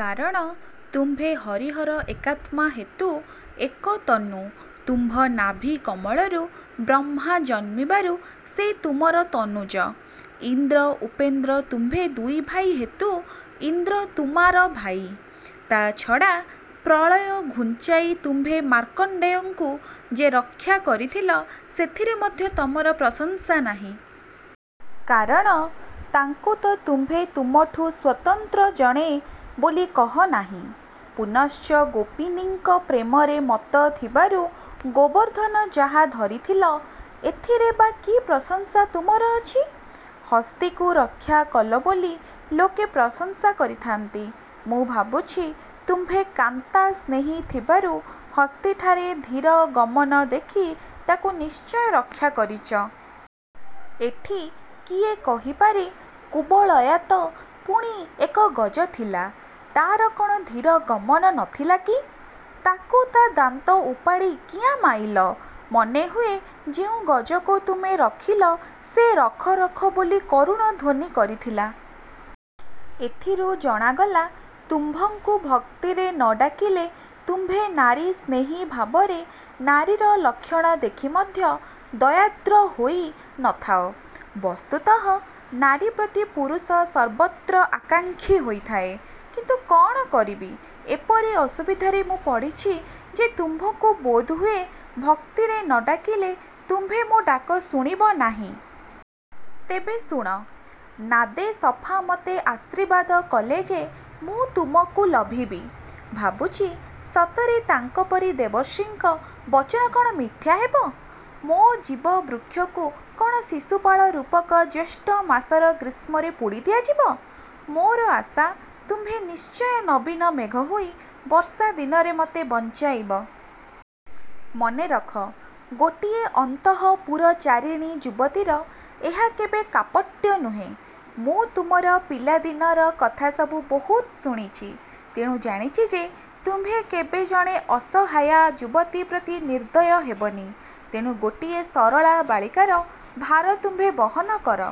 କାରଣ ତୁମ୍ଭେ ହରିହର ଏକାତ୍ମା ହେତୁ ଏକତନୁ। ତୁମ୍ଭ ନାଭୀ କମଳରୁ ବ୍ରହ୍ମା ଜନ୍ମିବାରୁ ସେ ତୁମର ତନୁଜ। ଇନ୍ଦ୍ର ଉପେନ୍ଦ୍ର ତୁମ୍ଭେ ଦୁଇଭାଇ ହେତୁ ଇନ୍ଦ୍ର ତୁମାର ଭାଇ। ତା ଛଡ଼ା ପ୍ରଳୟ ଘୁଞ୍ଚାଇ ତୁମ୍ଭେ ମାର୍କଣ୍ଡେୟଙ୍କୁ ଯେ ରକ୍ଷା କରିଥିଲ ସେଥିରେ ମଧ୍ୟ ତମର ପ୍ରଶଂସା ନାହିଁ। କାରଣ ତାଙ୍କୁ ତ ତୁମ୍ଭେ ତୁମଠୁ ସ୍ୱତନ୍ତ୍ର ଜଣେ ବୋଲି କହ ନାହିଁ। ପୁନଶ୍ଚ ଗୋପୀନୀଙ୍କ ପ୍ରେମରେ ମତ୍ତ ଥିବାରୁ ଗୋବର୍ଦ୍ଧନ ଯାହା ଧରିଥିଲ, ଏଥିରେ ବା କି ପ୍ରଶଂସା ତୁମର ଅଛି? ହସ୍ତୀକୁ ରକ୍ଷା କଲ ବୋଲି ଲୋକେ ପ୍ରଶଂସା କରିଥାନ୍ତି। ମୁଁ ଭାବୁଛି ତୁମ୍ଭେ କାନ୍ତା ସ୍ନେହୀ ଥିବାରୁ ହସ୍ତୀଠାରେ ଧୀର ଗମନ ଦେଖି ତାକୁ ନିଶ୍ଚୟ ରକ୍ଷା କରିଚ। ଏଠି କିଏ କହିପାରେ, କୁବଳୟା ତ ପୁଣି ଏକ ଗଜ ଥିଲା। ତା'ର କ'ଣ ଧୀର ଗମନ ନ ଥିଲା କି? ତାକୁ ତା ଦାନ୍ତ ଉପାଡ଼ି କିଆଁ ମାଇଲ? ମନେ ହୁଏ ଯେଉଁ ଗଜକୁ ତୁମେ ରଖିଲ ସେ ରଖ ରଖ ବୋଲି କରୁଣ ଧ୍ୱନି କରିଥିଲା। ଏଥିରୁ ଜଣାଗଲା ତୁମ୍ଭଙ୍କୁ ଭକ୍ତିରେ ନ ଡାକିଲେ ତୁମ୍ଭେ ନାରୀ ସ୍ନେହୀ ଭାବରେ ନାରୀର ଲକ୍ଷଣ ଦେଖି ମଧ୍ୟ ଦୟାର୍ଦ୍ର ହୋଇ ନ ଥାଅ। ବସ୍ତୁତଃ ନାରୀ ପ୍ରତି ପୁରୁଷ ସର୍ବତ୍ର ଆକାଙ୍କ୍ଷୀ ହୋଇଥାଏ। କିନ୍ତୁ କଣ କରିବି ଏପରି ଅସୁବିଧାରେ ମୁଁ ପଡ଼ିଛି ଯେ ତୁମ୍ଭଙ୍କୁ ବୋଧହୁଏ ଭକ୍ତିରେ ନ ଡାକିଲେ ତୁମ୍ଭେ ମୋ ଡାକ ଶୁଣିବ ନାହିଁ। ତେବେ ଶୁଣ- ନାଦେ ସଫା ମତେ ଆଶୀର୍ବାଦ କଲେ ଯେ ମୁଁ ତୁମକୁ ଲଭିବି। ଭାବୁଛି, ସତରେ ତାଙ୍କ ପରି ଦେବର୍ଷିଙ୍କ ବଚନ କଣ ମିଥ୍ୟା ହେବ? - ମୋ ଜୀବ ବୃକ୍ଷକୁ କଣ ଶିଶୁପାଳ ରୂପକ ଜ୍ୟେଷ୍ଠ ମାସର ଗ୍ରୀଷ୍ମରେ ପୋଡ଼ି ଦିଆଯିବ? ମୋର ଆଶା, ତୁମ୍ଭେ ନିଶ୍ଚୟ ନବୀନ ମେଘ ହୋଇ ବର୍ଷାଦିନରେ ମୋତେ ବଞ୍ଚାଇବ। ମନେ ରଖ, ଗୋଟିଏ ଅନ୍ତଃପୁରଚାରିଣୀ ଯୁବତୀର ଏହା କେବେ କାପଟ୍ୟ ନୁହେଁ। ମୁଁ ତୁମର ପିଲା ଦିନର କଥା ସବୁ ବହୁତ ଶୁଣିଛି। ତେଣୁ ଜାଣିଛି ଯେ- ତୁମ୍ଭେ କେବେ ଜଣେ ଅସହାୟା ଯୁବତୀ ପ୍ରତି ନିର୍ଦ୍ଦୟ ହେବନି। ତେଣୁ ଗୋଟିଏ ସରଳା ବାଳିକାର ଭାର ତୁମ୍ଭେ ବହନ କର।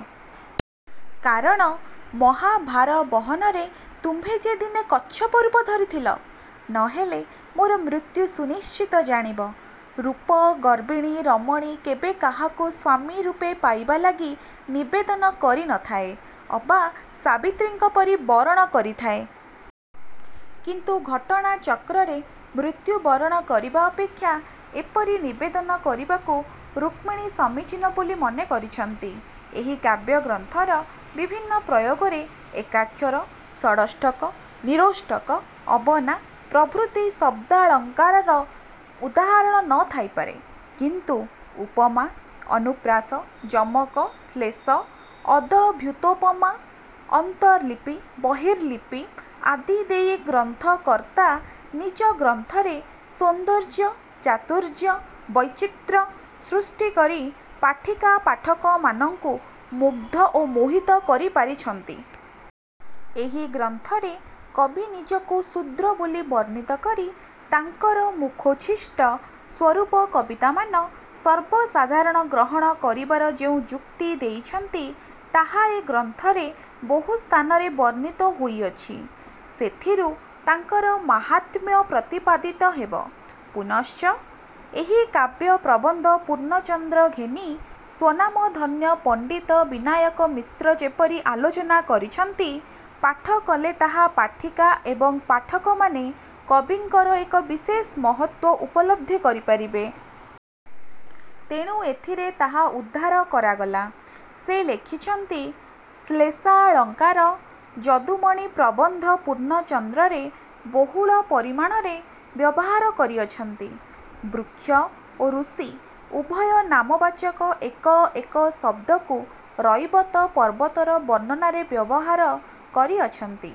କାରଣ ମହା ଭାର ବହନରେ ତୁମ୍ଭେ ଯେ ଦିନେ କଚ୍ଛପ ରୁପ ଧରିଥିଲ? ନ ହେଲେ ମୋର ମୃତ୍ୟୁ ସୁନିଶ୍ଚିତ ଜାଣିବ। ରୂପ ଗର୍ବିଣୀ ରମଣୀ କେବେ କାହାକୁ ସ୍ୱାମୀ ରୂପେ ପାଇବା ଲାଗି ନିବେଦନ କରି ନ ଥାଏ। ଅବା ସାବିତ୍ରୀଙ୍କ ପରି ବରଣ କରିଥାଏ। କିନ୍ତୁ ଘଟଣା ଚକ୍ରରେ ମୃତ୍ୟୁ ବରଣ କରିବା ଅପେକ୍ଷା ଏପରି ନିବେଦନ କରିବାକୁ ରୁକ୍ମିଣୀ ସମୀଚୀନ ବୋଲି ମନେ କରିଛନ୍ତି। ଏହି କାବ୍ୟ ଗ୍ରନ୍ଥର ବିଭିନ୍ନ ପ୍ରୟୋଗରେ ଏକାକ୍ଷର, ସଡ଼ଷ୍ଠକ, ନିରୋଷ୍ଠକ, ଅବନା ପ୍ରଭୃତି ଶବ୍ଦାଳଙ୍କାରର ଉଦାହରଣ ନ ଥାଇପାରେ; କିନ୍ତୁ ଉପମା, ଅନୁପ୍ରାସ, ଯମକ, ଶ୍ଳେଷ, ଅଦଭୁତୋପମା, ଅନ୍ତର୍ଲିପି, ବହିର୍ଲିପି ଆଦି ଦେଇ ଗ୍ରନ୍ଥକର୍ତ୍ତା ନିଜ ଗ୍ରନ୍ଥରେ ସୌନ୍ଦର୍ଯ୍ୟ, ଚାତୁର୍ଯ୍ୟ ବୈଚିତ୍ର୍ୟ ସୃଷ୍ଟି କରି ପାଠିକା ପାଠକମାନଙ୍କୁ ମୁଗ୍ଧ ଓ ମୋହିତ କରି ପାରିଛନ୍ତି। ଏହି ଗ୍ରନ୍ଥରେ କବି ନିଜକୁ ଶୁଦ୍ର ବୋଲି ବର୍ଣ୍ଣିତ କରି ତାଙ୍କର ମୁଖୋଚ୍ଛିଷ୍ଟ ସ୍ୱରୂପ କବିତାମାନ ସର୍ବସାଧାରଣ ଗ୍ରହଣ କରିବାର ଯେଉଁ ଯୁକ୍ତି ଦେଇଛନ୍ତି ତାହା ଏ ଗ୍ରନ୍ଥରେ ବହୁ ସ୍ଥାନରେ ବର୍ଣ୍ଣିତ ହୋଇଅଛି। ସେଥିରୁ ତାଙ୍କର ମାହାତ୍ମ୍ୟ ପ୍ରତିପାଦିତ ହେବ। ପୁନଶ୍ଚ ଏହି କାବ୍ୟ ପ୍ରବନ୍ଧ-ପୂର୍ଣ୍ଣଚନ୍ଦ୍ର ଘେନି ସ୍ୱନାମଧନ୍ୟ ପଣ୍ଡିତ ବିନାୟକ ମିଶ୍ର ଯେପରି ଆଲୋଚନା କରିଛନ୍ତି, ପାଠ କଲେ ତାହା ପାଠିକା ଏବଂ ପାଠକମାନେ କବିଙ୍କର ଏକ ବିଶେଷ ମହତ୍ୱ ଉପଲବ୍ଧି କରିପାରିବେ। ତେଣୁ ଏଥିରେ ତାହା ଉଦ୍ଧାର କରାଗଲା। ସେ ଲେଖିଛନ୍ତି - ''ଶ୍ଲେଷାଳଙ୍କାର, ଯଦୁମଣି ପ୍ରବନ୍ଧ ପୂର୍ଣ୍ଣଚନ୍ଦ୍ରରେ ବହୁଳ ପରିମାଣରେ ବ୍ୟବହାର କରିଅଛନ୍ତି। ବୃକ୍ଷ ଓ ଋଷି ଉଭୟ ନାମବାଚକ ଏକ ଏକ ଶବ୍ଦକୁ ରୈବତ ପର୍ବତର ବର୍ଣ୍ଣନାରେ ବ୍ୟବହାର କରିଅଛନ୍ତି।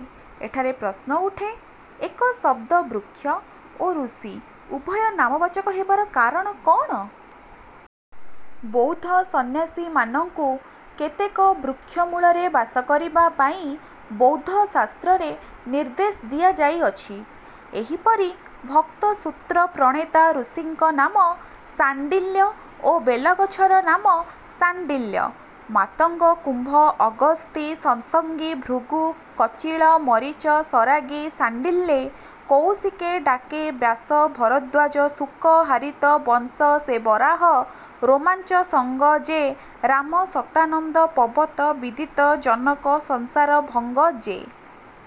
ଏଠାରେ ପ୍ରଶ୍ନ ଉଠେ, ଏକ ଶବ୍ଦ ବୃକ୍ଷ ଓ ଋଷି ଉଭୟ ନାମବାଚକ ହେବାର କାରଣ କଣ? ବୌଦ୍ଧ ସନ୍ନ୍ୟାସୀମାନଙ୍କୁ କେତେକ ବୃକ୍ଷ ମୂଳରେ ବାସ କରିବା ପାଇଁ ବୌଦ୍ଧ ଶାସ୍ତ୍ରରେ ନିର୍ଦ୍ଦେଶ ଦିଆଯାଇଅଛି। ଏହିପରି ଭକ୍ତ ସୂତ୍ର ପ୍ରଣେତା ଋଷିଙ୍କ ନାମ ଶାଣ୍ଡିଲ୍ୟ ଓ ବେଲଗଛର ନାମ ସାଣ୍ଡିଲ୍ୟ। ମାତଙ୍ଗ କୁମ୍ଭ ଅଗସ୍ତୀ ସଂସଗୀ ଭୃଗୁ କଚିଳ ମରିଚ ସରାଗୀ ଶାଣ୍ଡିଲ୍ୟେ କଉଶିକ ଡ଼ାକେ ବ୍ୟାସ ଭରଦ୍ୱାଜ ଶୁକ ହାରିତ ବଂଶ ସେ ବରାହ ରୋମାଞ୍ଚ ସଙ୍ଗ ଯେ ରାମ ଶତାନନ୍ଦ ପବତ ବିଦିତ ଜନକ ସଂସାର ଭଙ୍ଗ ଯେ।